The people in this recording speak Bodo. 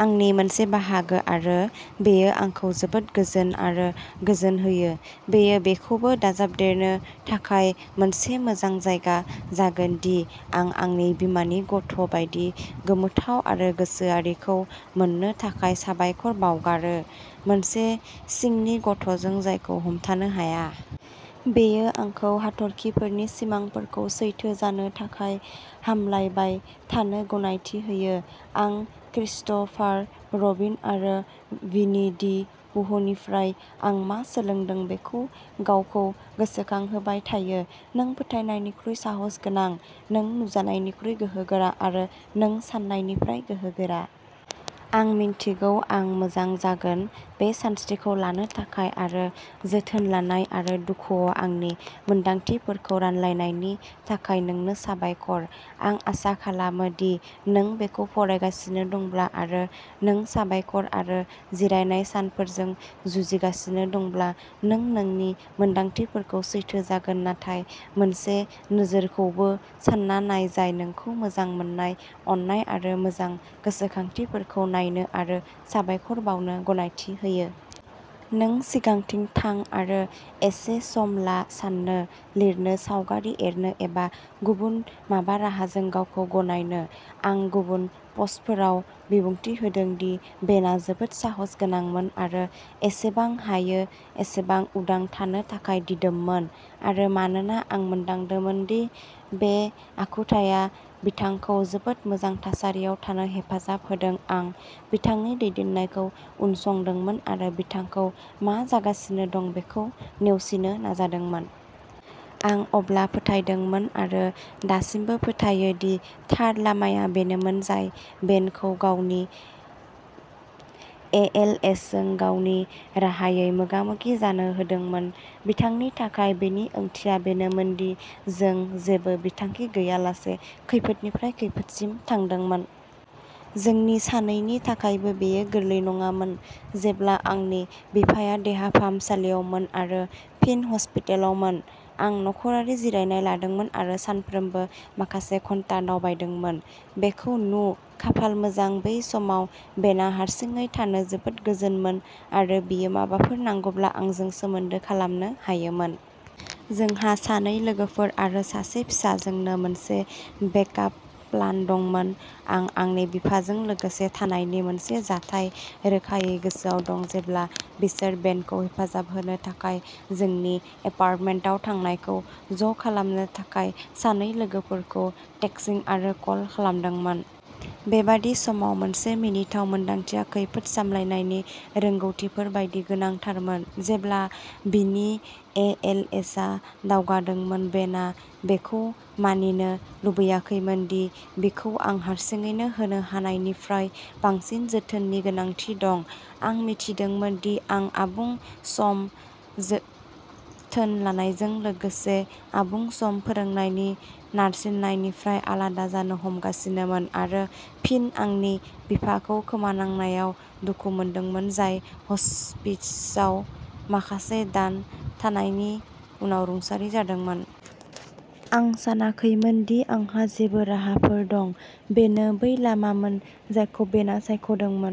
आंनि मोनसे बाहागो, आरो बेयो आंखौ जोबोद गोजोन आरो गोजोन होयो। बेयो बेखौबो दाजाबदेरनो थाखाय मोनसे मोजां जायगा जागोन दि आं आंनि बिमानि गथ' बायदि गोमोथाव आरो गोसोआरिखौ मोननो थाखाय साबायखर बावगारो, मोनसे सिंनि गथ'जों जायखौ हमथानो हाया। बेयो आंखौ हाथरखिफोरनि सिमांफोरखौ सैथो जानो थाखाय हामलायबाय थानो गनायथि होयो। आं क्रिस्ट'फार रबिन आरो विनि-दि-पूहनिफ्राय आं मा सोलोंदों बेखौ गावखौ गोसोखांहोबाय थायोः "नों फोथायनायनिख्रुइ साहसगोनां, नों नुजानायनिख्रुइ गोहोगोरा आरो नों सान्नायनिफ्राय गोहोगोरा।" आं मिन्थिगौ आं मोजां जागोन। बे सानस्रिखौ लानो थाखाय आरो जोथोन लानाय आरो दुखुआव आंनि मोनदांथिफोरखौ रानलायनायनि थाखाय नोंनो साबायखर। आं आसा खालामो दि नों बेखौ फरायगासिनो दंब्ला, आरो नों साबायखर आरो जिरायनाय सानफोरजों जुजिगासिनो दंब्ला, नों नोंनि मोनदांथिफोरखौ सैथो जागोन नाथाय मोनसे नोजोरखौबो सान्ना नाय जाय नोंखौ मोजां मोननाय, अननाय आरो मोजां गोसोखांथिफोरखौ नायनो आरो साबायखर बावनो गनायथि होयो। नों सिगांथिं थां आरो, एसे सम ला साननो, लिरनो, सावगारि एरनो एबा गुबुन माबा राहाजों गावखौ गनायनो। आं गुबुन पस्टफोराव बिबुंथि होदों दि बेनआ जोबोद साहसगोनांमोन आरो एसेबां हायो एसेबां उदां थानो थाखाय दिदोममोन, आरो मानोना आं मोनदांदोंमोन दि बे आखुथाया बिथांखौ जोबोद मोजां थासारियाव थानो हेफाजाब होदों, आं बिथांनि दैदेननायखौ उनसंदोंमोन आरो बिथांखौ मा जागासिनो दं बेखौ नेवसिनो नाजादोंमोन। आं अब्ला फोथायदोंमोन, आरो दासिमबो फोथायो, दि थार लामाया बेनोमोन जाय बेनखौ गावनि ए एल एस जों गावनि राहायै मोगा मोगि जानो होदोंमोन। बिथांनि थाखाय, बेनि ओंथिया बेनोमोन दि जों जेबो बिथांखि गैयालासे खैफोदनिफ्राय खैफोदसिम थांदोंमोन। जोंनि सानैनि थाखायबो बेयो गोरलै नङामोन। जेब्ला आंनि बिफाया देहा फाहामसालियावमोन आरो फिन हस्पिटेलआवमोन, आं नखरारि जिरायनाय लादोंमोन आरो सानफ्रोमबो माखासे घन्टा दावबायदोंमोन। बिखौ नु। खाफाल मोजां, बै समाव बेनआ हारसिङै थानो जोबोद गोजोनमोन, आरो बियो माबाफोर नांगौब्ला आंजों सोमोन्दो खालामनो हायोमोन। जोंहा सानै लोगोफोर आरो सासे फिसा जोंनो मोनसे बेक आप प्लान दंमोन। आं आंनि बिफाजों लोगोसे थानायनि मोनसे जाथाय रोखायै गोसोआव दं जेब्ला बिसोर बेनखौ हेफाजाब होनो थाखाय जोंनि एपार्टमेन्टआव थांनायखौ ज' खालामनो थाखाय सानै लोगोफोरखौ टेक्सिं आरो कल खालामदोंमोन। बेबादि समाव, मोनसे मिनिथाव मोन्दांथिया खैफोद सामलायनायनि रोंग'थिफोर बायदि गोनांथारमोन! जेब्ला बिनि ए एल एस आ दावगादोंमोन, बेनआ बेखौ मानिनो लुबैयाखैमोन दि बिखौ आं हारसिङैनो होनो हानायनिफ्राय बांसिन जोथोननि गोनांथि दं। आं मिथिदोंमोन दि आं आबुं सम जोथोन लानायजों लोगोसे आबुं सम फोरोंनायनि नारसिननायनिफ्राय आलादा जानो हमगासिनोमोन, आरो फिन, आंनि बिफाखौ खोमानांनायाव दुखु मोनदोंमोन, जाय ह'स्पिसआव माखासे दान थानायनि उनाव रुंसारि जादोंमोन। आं सानाखैमोन दि आंहा जेबो राहाफोर दं। बेनो बै लामामोन जायखौ बेनआ सायख'दोंमोन।